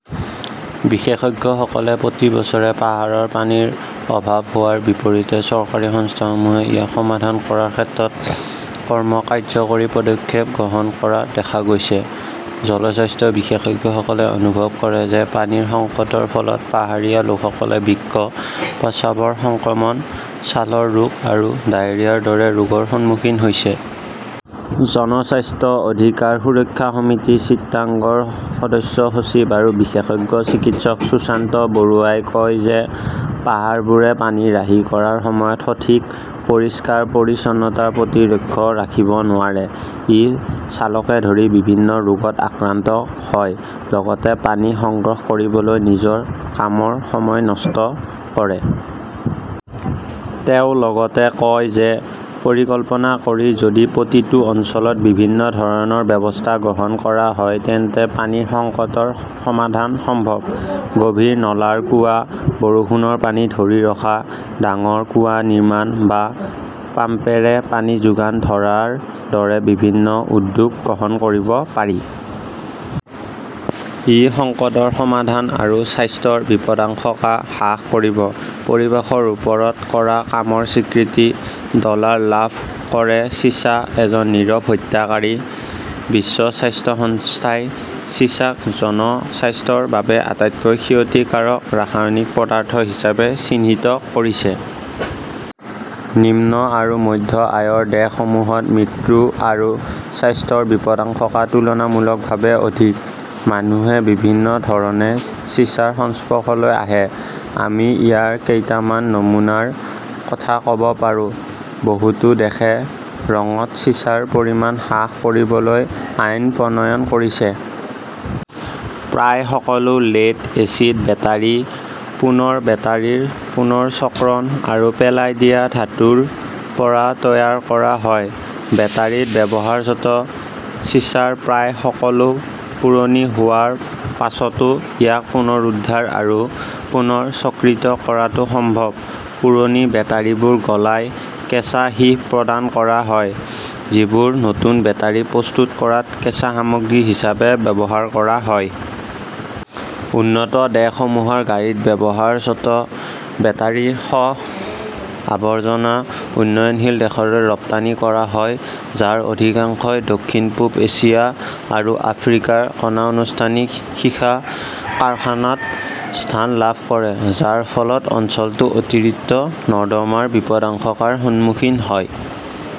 বিশেষজ্ঞসকলে প্ৰতি বছৰে পাহাৰৰ পানীৰ অভাৱ হোৱাৰ বিপৰীতে চৰকাৰী সংস্থাসমূহে ইয়াক সমাধান কৰাৰ ক্ষেত্ৰত কম কাৰ্যকৰী পদক্ষেপ গ্ৰহণ কৰা দেখা গৈছে। জনস্বাস্থ্য বিশেষজ্ঞসকলে অনুভৱ কৰে যে, পানীৰ সংকটৰ ফলত পাহাৰীয়া লোকসকলে বৃক্ক, প্ৰস্ৰাৱৰ সংক্ৰমণ, ছালৰ ৰোগ আৰু ডায়েৰিয়াৰ দৰে ৰোগৰ সন্মুখীন হৈছে। জনস্বাস্থ্য অধিকাৰ সুৰক্ষা সমিতি চিটাগংৰ সদস্য সচিব আৰু বিশেষজ্ঞ চিকিৎসক সুশান্ত বাৰুৱাই কয় যে, পাহাৰবোৰে পানী ৰাহি কৰাৰ সময়ত সঠিক পৰিষ্কাৰ-পৰিচ্ছন্নতাৰ প্ৰতি লক্ষ্য ৰাখিব নোৱাৰে। ই ছালকে ধৰি বিভিন্ন ৰোগত আক্ৰান্ত হয় লগতে পানী সংগ্ৰহ কৰিবলৈ নিজৰ কামৰ সময় নষ্ট কৰে। তেওঁ লগতে কয় যে, পৰিকল্পনা কৰি যদি প্ৰতিটো অঞ্চলত বিভিন্ন ধৰণৰ ব্যৱস্থা গ্ৰহণ কৰা হয়, তেন্তে পানীৰ সংকটৰ সমাধান সম্ভৱ। গভীৰ নলাৰ কুঁৱা, বৰষুণৰ পানী ধৰি ৰখা, ডাঙৰ কুঁৱা নিৰ্মাণ বা পাম্পেৰে পানী যোগান ধৰাৰ দৰে বিভিন্ন উদ্যোগ গ্ৰহণ কৰিব পাৰি। ই সংকটৰ সমাধান আৰু স্বাস্থ্যৰ বিপদাশংকা হ্ৰাস কৰিব। পৰিৱেশৰ ওপৰত কৰা কামৰ স্বীকৃতি, ডলাৰ লাভ কৰে চিছা এজন নীৰৱ হত্যাকাৰী। বিশ্ব স্বাস্থ্য সংস্থাই চিছাক জনস্বাস্থ্যৰ বাবে আটাইতকৈ ক্ষতিকাৰক ৰাসায়নিক পদাৰ্থ হিচাপে চিহ্নিত কৰিছে। নিম্ন আৰু মধ্য আয়ৰ দেশসমূহত মৃত্যু আৰু স্বাস্থ্যৰ বিপদাশংকা তুলনামূলকভাৱে অধিক। মানুহে বিভিন্ন ধৰণে চিছাৰ সংস্পৰ্শলৈ আহে। আমি ইয়াৰ কেইটামান নমুনাৰ কথা ক'ব পাৰো। বহুতো দেশে ৰঙত চিছাৰ পৰিমাণ হ্ৰাস কৰিবলৈ আইন প্ৰণয়ন কৰিছে। প্ৰায় সকলো লেড, এচিড, বেটাৰি পুৰণি বেটাৰিৰ পুনৰচক্ৰণ আৰু পেলাই দিয়া ধাতুৰ পৰা তৈয়াৰ কৰা হয়। বেটাৰীত ব্যৱহৃত চিছাৰ প্ৰায় সকলো পুৰণি হোৱাৰ পিছতো ইয়াক পুনৰুদ্ধাৰ আৰু পুনৰ চক্ৰিত কৰাটো সম্ভৱ। পুৰণি বেটাৰিবোৰ গলাই কেঁচা সীহ প্ৰদান কৰা হয়, যিবোৰ নতুন বেটাৰি প্ৰস্তুত কৰাত কেঁচা সামগ্ৰী হিচাপে ব্যৱহাৰ কৰা হয়। উন্নত দেশসমূহৰ গাড়ীত ব্যৱহৃত বেটাৰীসহ আৱৰ্জনা উন্নয়নশীল দেশসমূহলৈ ৰপ্তানি কৰা হয়, যাৰ অধিকাংশই দক্ষিণ-পূব এছিয়া আৰু আফ্ৰিকাৰ অনানুষ্ঠানিক সীসা কাৰখানাত স্থান লাভ কৰে, যাৰ ফলত অঞ্চলটো অতিৰিক্ত নৰ্দমাৰ বিপদাশংকাৰ সন্মুখীন হয়।